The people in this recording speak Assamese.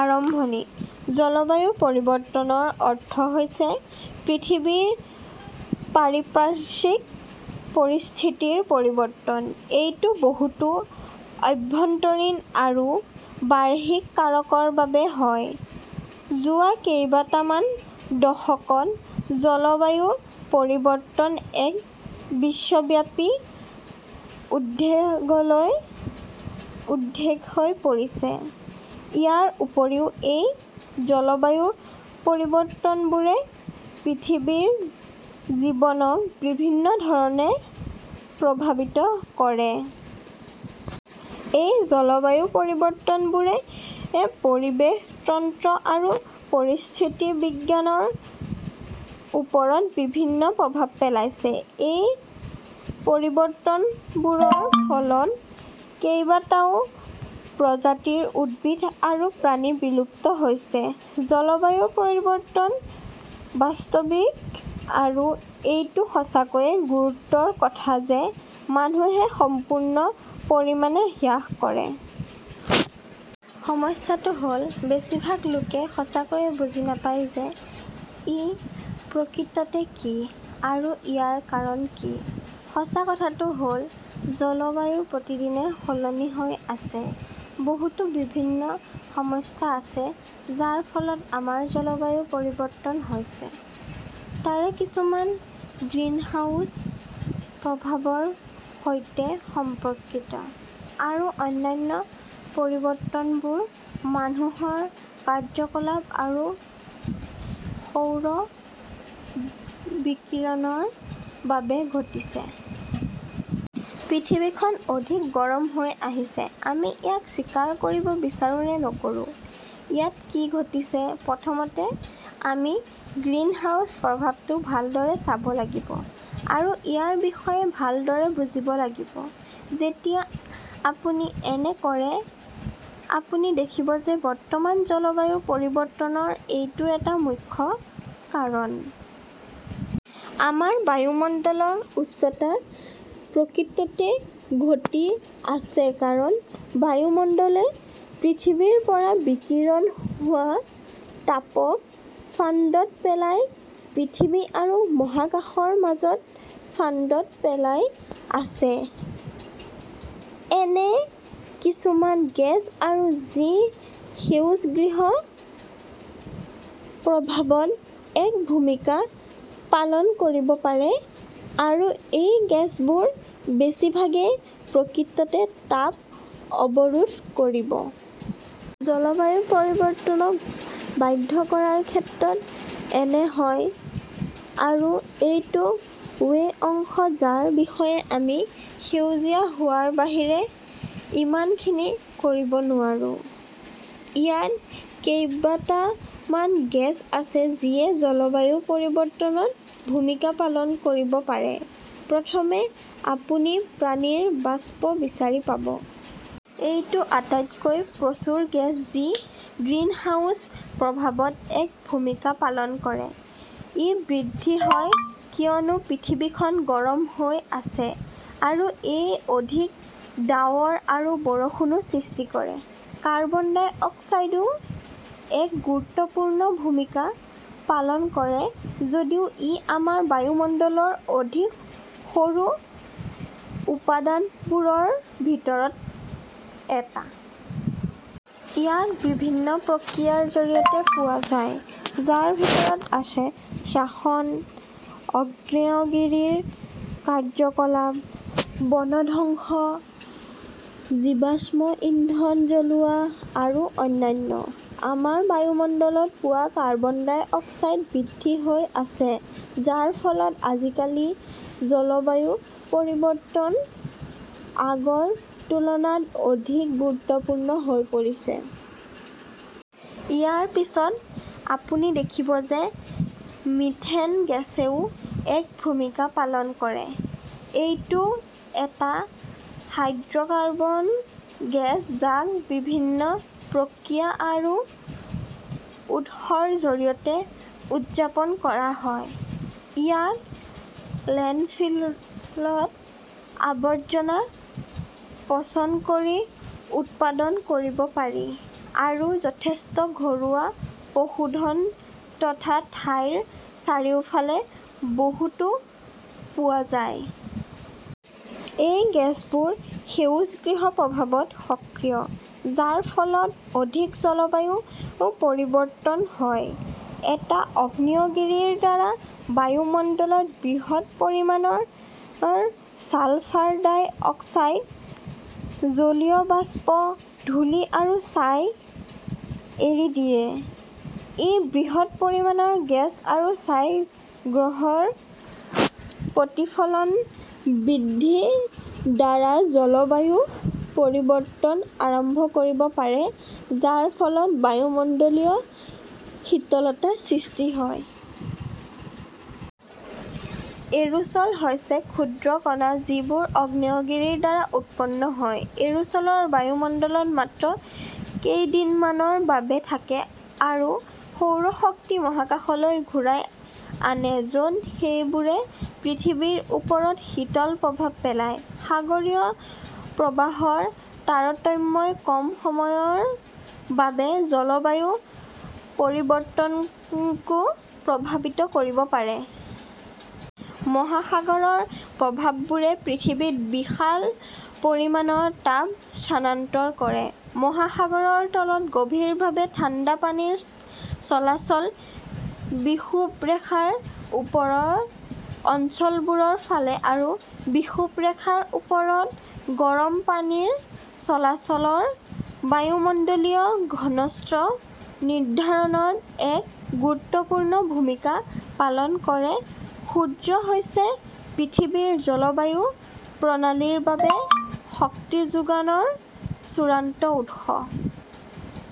আৰম্ভণি জলবায়ু পৰিৱৰ্তন ৰ অৰ্থ হৈছে পৃথিৱীৰ পাৰিপাৰ্শ্বিক পৰিস্থিতিৰ পৰিৱৰ্তন। এইটো বহুতো আভ্যন্তৰীণ আৰু বাহ্যিক কাৰকৰ বাবে হয়। যোৱা কেইটামান দশকত জলবায়ু পৰিৱৰ্তন এক বিশ্বব্যাপী উদ্বেগহৈ পৰিছে। ইয়াৰ উপৰিও, এই জলবায়ুপৰিৱৰ্তনবোৰে পৃথিৱীৰ জীৱনক বিভিন্ন ধৰণে প্ৰভাৱিত কৰে। এই জলবায়ু পৰিৱৰ্তনবোৰে পৰিৱেশ তন্ত্ৰ আৰু পৰিস্থিতিবিজ্ঞানৰ ওপৰত বিভিন্ন প্ৰভাৱ পেলাইছে। এই পৰিৱৰ্তনবোৰৰ ফলত, কেইবাটাও প্ৰজাতিৰ উদ্ভিদ আৰু প্ৰাণী বিলুপ্ত হৈছে। জলবায়ু পৰিৱৰ্তন বাস্তৱিক, আৰু এইটো সঁচাকৈয়ে গুৰুতৰ কথা যে মানুহে সম্পূৰ্ণ পৰিমাণে হ্ৰাস কৰে। সমস্যাটো হ'ল বেছিভাগ লোকে সঁচাকৈয়ে বুজি নাপায় যে ই প্ৰকৃততে কি, আৰু ইয়াৰ কাৰণ কি। সঁচা কথাটো হ'ল, জলবায়ু প্ৰতিদিনে সলনি হৈ আছে। বহুতো বিভিন্ন সমস্যা আছে যাৰ ফলত আমাৰ জলবায়ু পৰিৱৰ্তন হৈছে, তাৰে কিছুমান গ্ৰীণহাউচ প্ৰভাৱৰ সৈতে সম্পৰ্কিত, আৰু অন্যান্য পৰিৱৰ্তনবোৰ মানুহৰ কাৰ্যকলাপ আৰু সৌৰ বিকিৰণৰ বাবে ঘটিছে। পৃথিৱীখন অধিক গৰম হৈ আহিছে, আমি ইয়াক স্বীকাৰ কৰিব বিচাৰো নে নকৰোঁ। ইয়াত কি ঘটিছে। প্ৰথমতে, আমি গ্ৰীণহাউচ প্ৰভাৱটো ভালদৰে চাব লাগিব আৰু ইয়াৰ বিষয়ে ভালদৰে বুজিব লাগিব। যেতিয়া আপুনি এনে কৰে, আপুনি দেখিব যে বৰ্তমান জলবায়ু পৰিৱৰ্তনৰ এইটো এটা মুখ্য কাৰণ। আমাৰ বায়ুমণ্ডলৰ উষ্ণতা প্ৰকৃততে ঘটি আছে কাৰণ বায়ুমণ্ডলে পৃথিৱীৰ পৰা বিকিৰণ হোৱা তাপক ফান্দত পেলাই পৃথিৱী আৰু মহাকাশৰ মাজত ফান্দত পেলাই আছে। এনে কিছুমান গেছ আছে যি সেউজগৃহ প্ৰভাৱত এক ভূমিকা পালন কৰিব পাৰে, আৰু এই গেছবোৰৰ বেছিভাগেই প্ৰকৃততে তাপ অৱৰোধ কৰিব। জলবায়ু পৰিৱৰ্তনক বাধ্য কৰাৰ ক্ষেত্ৰত এনে হয়, আৰু এইটো ৱেই অংশ যাৰ বিষয়ে আমি সেউজীয়া হোৱাৰ বাহিৰে ইমান খিনি কৰিব নোৱাৰো। ইয়াত কেইটামান গেছ আছে যিয়ে জলবায়ু পৰিৱৰ্তনত ভূমিকা পালন কৰিব পাৰে। প্ৰথমে, আপুনি পানীৰ বাষ্প বিচাৰি পাব। এইটো আটাইতকৈ প্ৰচুৰ গেছ যি গ্ৰীণহাউচ প্ৰভাৱত এক ভূমিকা পালন কৰে। ই বৃদ্ধি হয় কিয়নো পৃথিৱী খন গৰম হৈ আছে, আৰু ই অধিক ডাৱৰ আৰু বৰষুণো সৃষ্টি কৰে। কাৰ্বন ডাই অক্সাইডেও এক গুৰুত্বপূৰ্ণ ভূমিকা পালন কৰে, যদিও ই আমাৰ বায়ুমণ্ডলৰ অধিক সৰু উপাদানবোৰৰ ভিতৰত এটা। ইয়াক বিভিন্ন প্ৰক্ৰিয়াৰ জৰিয়তে পোৱা যায়, যাৰ ভিতৰত আছে শ্বসন, আগ্নেয়গিৰিৰ কাৰ্যকলাপ, বনধ্বংস, জীৱাশ্ম ইন্ধন জ্বলোৱা, আৰু অন্যান্য। আমাৰ বায়ুমণ্ডলত পোৱা কাৰ্বন ডাই অক্সাইড বৃদ্ধি হৈ আছে, যাৰ ফলত আজিকালি জলবায়ু পৰিৱৰ্তন আগৰ তুলনাত অধিক গুৰুত্বপূৰ্ণ হৈ পৰিছে। ইয়াৰ পিছত, আপুনি দেখিব যে মিথেন গেছেও এক ভূমিকা পালন কৰে। এইটো এটা হাইড্ৰ'কাৰ্বন গেছ যাক বিভিন্ন প্ৰক্ৰিয়া আৰু উৎসৰ জৰিয়তে উৎপাদন কৰা হয়। ইয়াক লেণ্ডফিলত আৱৰ্জনা পচন কৰি উৎপাদন কৰিব পাৰি, আৰু যথেষ্ট ঘৰুৱা পশুধন থকা ঠাইৰ চাৰিওফালে বহুতো পোৱা যায়। এই গেছবোৰ সেউজগৃহ প্ৰভাৱত সক্ৰিয়, যাৰ ফলত অধিক জলবায়ু পৰিৱৰ্তন হয়। এটা আগ্নেয়গিৰিৰ দ্বাৰা বায়ুমণ্ডলত বৃহৎ পৰিমাণৰ ছালফাৰ ডাই অক্সাইড, জলীয় বাষ্প, ধূলি আৰু ছাই এৰি দিয়ে। এই বৃহৎ পৰিমাণৰ গেছ আৰু ছাই গ্ৰহৰ প্ৰতিফলনবৃদ্ধি ৰ দ্বাৰা জলবায়ু পৰিৱৰ্তন আৰম্ভ কৰিব পাৰে যাৰ ফলত বায়ুমণ্ডলীয় শীতলতা সৃষ্টি হয়। এৰোচ'ল হৈছে ক্ষুদ্ৰ কণা যিবোৰ আগ্নেয়গিৰিৰ দ্বাৰা উৎপন্ন হয়। এৰোচ'লবোৰ বায়ুমণ্ডলত মাত্ৰ কেইদিনমানৰ বাবে থাকে আৰু সৌৰ শক্তি মহাকাশলৈ ঘূৰাই আনে য'ত সেইবোৰে পৃথিৱীৰ ওপৰত শীতল প্ৰভাৱ পেলায়। সাগৰীয় প্ৰবাহৰ তাৰতম্যই কম সময়ৰ বাবে জলবায়ু পৰিৱৰ্তনকো প্ৰভাৱিত কৰিব পাৰে। মহাসাগৰৰ প্ৰবাহবোৰে পৃথিৱীত বিশাল পৰিমাণৰ তাপ স্থানান্তৰ কৰে। মহাসাগৰৰ তলত গভীৰভাৱে ঠাণ্ডা পানীৰ চলাচল বিষুৱৰেখাৰ ওচৰৰ অঞ্চলবোৰৰ ফালে আৰু বিষুৱৰেখাৰ ওচৰত গৰম পানীৰ চলাচলে -ৰ বায়ুমণ্ডলীয় ঘনত্ব নিৰ্ধাৰণত এক গুৰুত্বপূৰ্ণ ভূমিকা পালন কৰে সূৰ্য হৈছে পৃথিৱীৰ জলবায়ু প্ৰণালীৰ বাবে শক্তিযোগানৰ চূড়ান্ত উৎস।